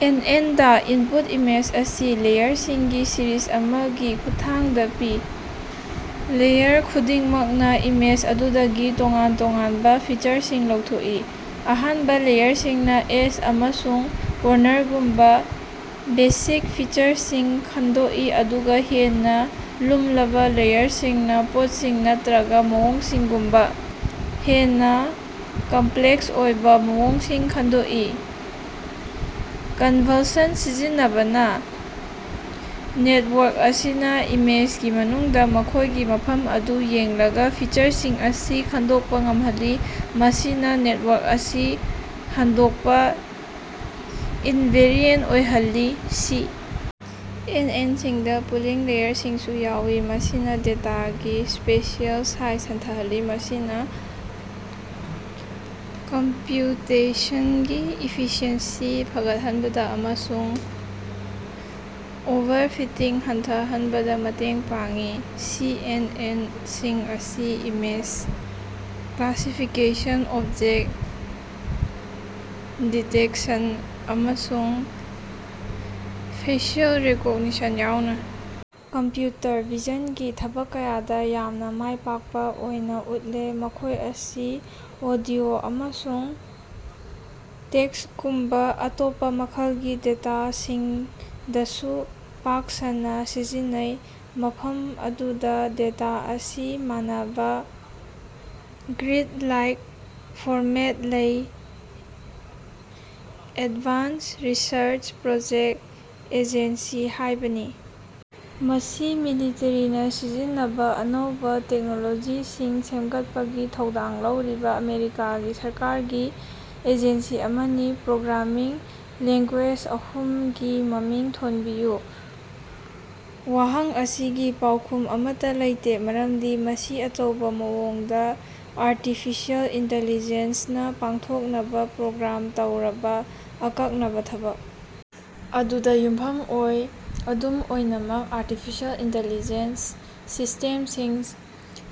And. N. ꯗꯥ, input image ꯑꯁꯤ ꯂꯦꯌꯔꯁꯤꯡꯒꯤ ꯁꯤꯔꯤꯖ ꯑꯃꯒꯤ ꯈꯨꯠꯊꯥꯡꯗ ꯄꯤ, ꯂꯦꯌꯔ ꯈꯨꯗꯤꯡꯃꯛꯅ ꯏꯃꯦꯖ ꯑꯗꯨꯗꯒꯤ ꯇꯣꯉꯥꯟ ꯇꯣꯉꯥꯟꯕ ꯐꯤꯆꯔꯁꯤꯡ ꯂꯧꯊꯣꯛꯏ꯫ ꯑꯍꯥꯟꯕ ꯂꯦꯌꯔꯁꯤꯡꯅ ꯑꯦꯖ ꯑꯃꯁꯨꯡ ꯀꯣꯔꯅꯔꯒꯨꯝꯕ ꯕꯦꯁꯤꯛ ꯐꯤꯆꯔꯁꯤꯡ ꯈꯪꯗꯣꯛꯏ, ꯑꯗꯨꯒ ꯍꯦꯟꯅ ꯂꯨꯝꯂꯕ ꯂꯦꯌꯔꯁꯤꯡꯅ ꯄꯣꯠꯁꯤꯡ ꯅꯠꯇꯔꯒꯥ ꯃꯑꯣꯡꯁꯤꯡꯒꯨꯝꯕ ꯍꯦꯟꯅ ꯀꯝꯄꯂꯦꯛꯁ ꯑꯣꯏꯕ ꯃꯑꯣꯡꯁꯤꯡ ꯈꯪꯗꯣꯛꯏ꯫ ꯀꯟꯚꯜꯁꯟ ꯁꯤꯖꯤꯟꯅꯕꯅ ꯅꯦꯇꯋꯥꯔꯛ ꯑꯁꯤꯅ ꯏꯃꯦꯖꯒꯤ ꯃꯅꯨꯡꯗ ꯃꯈꯣꯏꯒꯤ ꯃꯐꯝ ꯑꯗꯨ ꯌꯦꯡꯂꯒ ꯐꯤꯆꯔꯁꯤꯡ ꯑꯁꯤ ꯈꯪꯗꯣꯛꯄ ꯉꯝꯍꯜꯂꯤ, ꯃꯁꯤꯅ ꯅꯦꯇꯋꯥꯔꯛ ꯑꯁꯤ ꯍꯟꯗꯣꯛꯄ-ꯏꯟꯚꯦꯔꯤꯑꯦꯟ ꯑꯣꯏꯍꯜꯂꯤ꯫ ꯁꯤ. ꯑꯦꯟ. ꯑꯦꯟ. ꯁꯤꯡꯗ ꯄꯨꯂꯤꯡ ꯂꯦꯌꯔꯁꯤꯡꯁꯨ ꯌꯥꯎꯏ, ꯃꯁꯤꯅ ꯗꯦꯇꯥꯒꯤ ꯁ꯭ꯄꯦꯁꯤꯑꯦꯜ ꯁꯥꯏꯖ ꯍꯟꯊꯍꯜꯂꯤ, ꯃꯁꯤꯅ ꯀꯝꯄꯌꯨꯇꯦꯁꯟꯒꯤ ꯏꯐꯤꯁꯤꯑꯦꯟꯁꯤ ꯐꯒꯠꯍꯟꯕꯗ ꯑꯃꯁꯨꯡ ꯑꯣꯚꯔꯐꯤꯇꯤꯡ ꯍꯟꯊꯍꯟꯕꯗ ꯃꯇꯦꯡ ꯄꯥꯡꯏ꯫ ꯁꯤ. ꯑꯦꯟ. ꯑꯦꯟ. ꯁꯤꯡ ꯑꯁꯤ ꯏꯃꯦꯖ ꯀ꯭ꯂꯥꯁꯤꯐꯤꯀꯦꯁꯟ, ꯑꯣꯕꯖꯦꯛ ꯗꯤꯇꯦꯛꯇꯦꯁꯟ, ꯑꯃꯁꯨꯡ ꯐꯦꯁꯤꯑꯦꯜ ꯔꯤꯀꯣꯒꯅꯤꯁꯟ ꯌꯥꯎꯅ ꯀꯝꯄꯌꯨꯇꯔ ꯚꯤꯖꯟꯒꯤ ꯊꯕꯛ ꯀꯌꯥꯗ ꯌꯥꯝꯅ ꯃꯥꯏ ꯄꯥꯛꯄ ꯑꯣꯏꯅ ꯎꯠꯂꯦ꯫ ꯃꯈꯣꯏ ꯑꯁꯤ ꯑꯣꯗꯤꯑꯣ ꯑꯃꯁꯨꯡ ꯇꯦꯛꯁꯒꯨꯝꯕ ꯑꯇꯣꯞꯄ ꯃꯈꯜꯒꯤ ꯗꯦꯇꯥꯁꯤꯡꯗꯁꯨ ꯄꯥꯛ ꯁꯟꯅ ꯁꯤꯖꯤꯟꯅꯩ, ꯃꯐꯝ ꯑꯗꯨꯗ ꯗꯦꯇꯥ ꯑꯁꯤ ꯃꯥꯟꯅꯕꯥ ꯒ꯭ꯔꯤꯗ-ꯂꯥꯏꯛ ꯐꯣꯔꯃꯦꯠ ꯂꯩ꯫ ꯑꯦꯗꯚꯥꯟꯁ ꯔꯤꯁꯔꯆ ꯄ꯭ꯔꯣꯖꯦꯛ ꯑꯦꯖꯦꯟꯁꯤ ꯍꯥꯏꯕꯅꯤ꯫ ꯃꯁꯤ ꯃꯤꯂꯤꯇꯔꯤꯅ ꯁꯤꯖꯤꯟꯅꯕꯥ ꯑꯅꯧꯕ ꯇꯦꯛꯅꯣꯂꯣꯖꯤꯁꯤꯡ ꯁꯦꯝꯒꯠꯄꯒꯤ ꯊꯧꯗꯥꯡ ꯂꯧꯔꯤꯕ ꯑꯃꯦꯔꯤꯀꯥꯒꯤ ꯁꯔꯀꯥꯔꯒꯤ ꯑꯦꯖꯦꯟꯁꯤ ꯑꯃꯅꯤ꯫ ꯄ꯭ꯔꯣꯒ꯭ꯔꯥꯃꯤꯡ ꯂꯦꯡꯒꯨꯌꯦꯖ ꯑꯍꯨꯝꯒꯤ ꯃꯃꯤꯡ ꯊꯣꯟꯕꯤꯌꯨ꯫ ꯋꯥꯍꯪ ꯑꯁꯤꯒꯤ ꯄꯥꯎꯈꯨꯝ ꯑꯃꯠꯇꯥ ꯂꯩꯇꯦ ꯃꯔꯝꯗꯤ ꯃꯁꯤ ꯑꯆꯧꯕ ꯃꯑꯣꯡꯗ ꯑꯥꯔꯇꯤꯐꯤꯁꯤꯑꯦꯜ ꯏꯟꯇꯤꯂꯤꯖ‌ꯦꯟꯁꯅ ꯄꯥꯡꯊꯣꯛꯅꯕ ꯄ꯭ꯔꯣꯒ꯭ꯔꯥꯝ ꯇꯧꯔꯕ ꯑꯀꯛꯅꯕ ꯊꯕꯛ ꯑꯗꯨꯗ ꯌꯨꯝꯐꯝ ꯑꯣꯏ꯫ ꯑꯗꯨꯝ ꯑꯣꯏꯅꯃꯛ, ꯑꯥꯔꯇꯤꯐꯤꯁꯤꯑꯦꯜ ꯏꯟꯇꯤꯂꯤꯖ‌ꯦꯟꯁ ꯁꯤꯁ꯭ꯇꯦꯝꯁꯤꯡ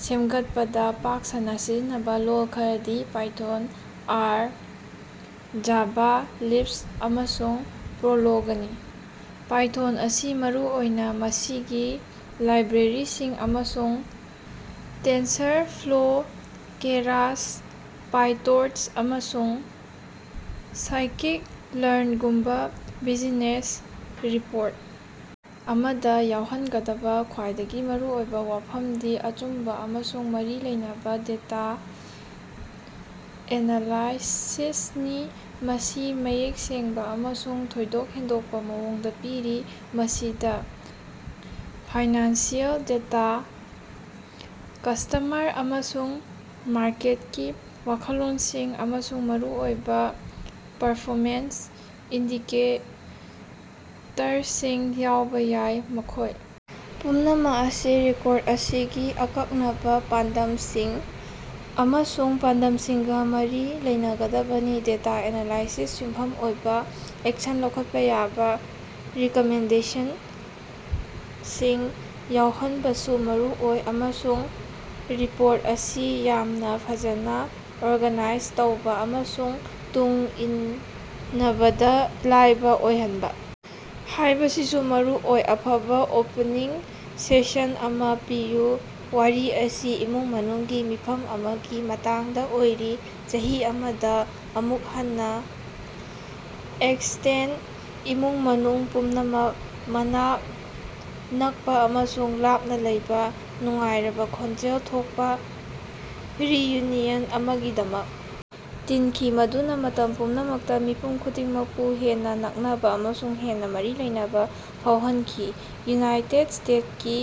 ꯁꯦꯝꯒꯠꯄꯗ ꯄꯥꯛ ꯁꯟꯅ ꯁꯤꯖꯤꯟꯅꯕ ꯂꯣꯜ ꯈꯔꯗꯤ ꯄꯥꯏꯊꯣꯟ, ꯑꯥꯔ, ꯖꯥꯚꯥ, ꯂꯤꯁ꯭ꯞ, ꯑꯃꯁꯨꯡ ꯄ꯭ꯔꯣꯂꯣꯒꯅꯤ꯫ ꯄꯥꯏꯊꯣꯟ ꯑꯁꯤ ꯃꯔꯨꯑꯣꯏꯅ ꯃꯁꯤꯒꯤ ꯂꯥꯏꯕ꯭ꯔꯦꯔꯤꯁꯤꯡ ꯑꯃꯁꯨꯡ ꯇꯦꯟꯁꯔꯐ꯭ꯂꯣ, ꯀꯦꯔꯥꯁ, ꯄꯥꯏꯇꯣꯔꯆ, ꯑꯃꯁꯨꯡ ꯁꯥꯏꯀꯤꯠ-ꯂꯔꯟꯒꯨꯝꯕ ꯕꯤꯖꯤꯅꯦꯁ ꯔꯤꯄꯣꯔꯠ ꯑꯃꯗ ꯌꯥꯎꯍꯟꯒꯗꯕ ꯈ꯭ꯋꯥꯏꯗꯒꯤ ꯃꯔꯨꯑꯣꯏꯕ ꯋꯥꯐꯝꯗꯤ ꯑꯆꯨꯝꯕ ꯑꯃꯁꯨꯡ ꯃꯔꯤ ꯂꯩꯅꯕ ꯗꯦꯇꯥ ꯑꯦꯅꯥꯂꯥꯏꯁꯤꯁꯅꯤ, ꯃꯁꯤ ꯃꯌꯦꯛ ꯁꯦꯡꯕ ꯑꯃꯁꯨꯡ ꯊꯣꯏꯗꯣꯛ ꯍꯦꯟꯗꯣꯛꯄ ꯃꯑꯣꯡꯗ ꯄꯤꯔꯤ꯫ ꯃꯁꯤꯗ ꯐꯥꯏꯅꯥꯟꯁꯤꯑꯦꯜ ꯗꯦꯇꯥ, ꯀꯁ꯭ꯇꯃꯔ ꯑꯃꯁꯨꯡ ꯃꯥꯔꯀꯦꯠꯀꯤ ꯋꯥꯈꯜꯂꯣꯟꯁꯤꯡ, ꯑꯃꯁꯨꯡ ꯃꯔꯨꯑꯣꯏꯕ ꯄꯔꯐꯣꯃꯦꯟꯁ ꯏꯟꯗꯤꯀꯦꯇꯔꯁꯤꯡ ꯌꯥꯎꯕ ꯌꯥꯏ, ꯃꯈꯣꯏ ꯄꯨꯝꯅꯃꯛ ꯑꯁꯤ ꯔꯤꯄꯣꯔꯠ ꯑꯁꯤꯒꯤ ꯑꯀꯛꯅꯕ ꯄꯥꯟꯗꯝꯁꯤꯡ ꯑꯃꯁꯨꯡ ꯄꯥꯟꯗꯝꯁꯤꯡꯒ ꯃꯔꯤ ꯂꯩꯅꯒꯗꯕꯅꯤ꯫ ꯗꯦꯇꯥ ꯑꯦꯅꯥꯂꯥꯏꯁꯤꯁꯇ ꯌꯨꯝꯐꯝ ꯑꯣꯏꯕ ꯑꯦꯛꯁꯟ ꯂꯧꯈꯠꯄ ꯌꯥꯕꯥ ꯔꯤꯀꯃꯦꯟꯗꯦꯁꯟꯁꯤꯡ ꯌꯥꯎꯍꯟꯕꯁꯨ ꯃꯔꯨ ꯑꯣꯏ, ꯑꯃꯁꯨꯡ ꯔꯤꯄꯣꯔꯠ ꯑꯁꯤ ꯌꯥꯝꯅ ꯐꯖꯅ ꯑꯣꯔꯒꯅꯥꯏꯖ ꯇꯧꯕ ꯑꯃꯁꯨꯡ ꯇꯨꯡ ꯏꯟꯅꯕꯗ ꯂꯥꯏꯕ ꯑꯣꯏꯍꯟꯕ ꯍꯥꯏꯕꯁꯤꯁꯨ ꯃꯔꯨꯑꯣꯏ꯫ ꯑꯐꯕꯥ ꯑꯣꯄꯅꯤꯡ ꯁꯦꯟꯁꯟ ꯑꯃꯥ ꯄꯤꯌꯨ꯫ ꯋꯥꯔꯤ ꯑꯁꯤ ꯏꯃꯨꯡ ꯃꯅꯨꯡꯒꯤ ꯃꯤꯐꯝ ꯑꯃꯒꯤ ꯃꯇꯥꯡꯗ ꯑꯣꯏꯔꯤ꯫ ꯆꯍꯤ ꯑꯃꯗ ꯑꯃꯨꯛ ꯍꯟꯅ ꯑꯦꯛꯁꯇꯦꯟꯗꯦꯗ ꯏꯃꯨꯡ ꯃꯅꯨꯡ ꯄꯨꯝꯅꯃꯛ ꯃꯅꯥꯛ ꯅꯛꯄ ꯑꯃꯁꯨꯡ ꯂꯥꯞꯅ ꯂꯩꯕ ꯅꯨꯡꯉꯥꯏꯔꯕ, ꯈꯣꯟꯖꯦꯜ ꯊꯣꯛꯄꯥ ꯔꯤꯌꯨꯅꯤꯌꯟ ꯑꯃꯒꯤꯗꯃꯛ ꯇꯤꯟꯈꯤ ꯃꯗꯨꯅ ꯃꯇꯝ ꯄꯨꯝꯅꯃꯛꯇ ꯃꯤꯄꯨꯝ ꯈꯨꯗꯤꯡꯃꯛꯄꯨ ꯍꯦꯟꯅ ꯅꯛꯅꯕ ꯑꯃꯁꯨꯡ ꯍꯦꯟꯅ ꯃꯔꯤ ꯂꯩꯅꯕ ꯐꯥꯎꯍꯟꯈꯤ꯫ ꯌꯨꯅꯥꯏꯠꯇ‌ꯦꯠ ꯏꯁꯇ‌ꯦꯠꯁꯀꯤ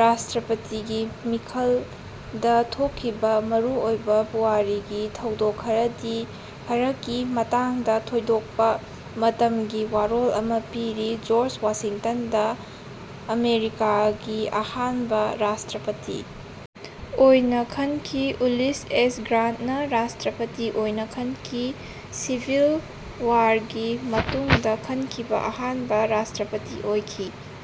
ꯔꯥꯁ꯭ꯇꯔꯄꯇꯤꯒꯤ ꯃꯤꯈꯂꯗꯥ ꯊꯣꯀꯈꯤꯕꯥ ꯃꯔꯨꯑꯣꯏꯕꯥ ꯄꯨꯋꯥꯔꯤꯒꯤ ꯊꯧꯗꯣꯛ ꯈꯔꯒꯤ ꯃꯇꯥꯡꯗ ꯊꯣꯏꯗꯣꯛꯄꯥ ꯃꯇꯝꯒꯤ ꯋꯥꯔꯣꯜ ꯑꯃ ꯄꯤꯔꯤ, ꯖ‌ꯣꯔꯖ ꯋꯥꯁꯤꯡꯇꯟꯗ ꯑꯃꯦꯔꯤꯀꯥꯒꯤ ꯑꯍꯥꯟꯕ ꯔꯥꯁ꯭ꯇꯔꯄꯇꯤ ꯑꯣꯏꯅ ꯈꯟꯈꯤ꯫ ꯎꯂꯤꯁ ꯑꯦꯁ ꯒ꯭ꯔꯥꯟꯇꯅꯥ ꯔꯥꯁ꯭ꯇꯔꯄꯇꯤ ꯑꯣꯏꯅ ꯈꯟꯈꯤ, ꯁꯤꯚꯤꯜ ꯋꯥꯔꯒꯤ ꯃꯇꯨꯡꯗꯥ ꯈꯟꯈꯤꯕ ꯑꯍꯥꯟꯕ ꯔꯥꯁ꯭ꯇꯔꯄꯇꯤ ꯑꯣꯏꯈꯤ꯫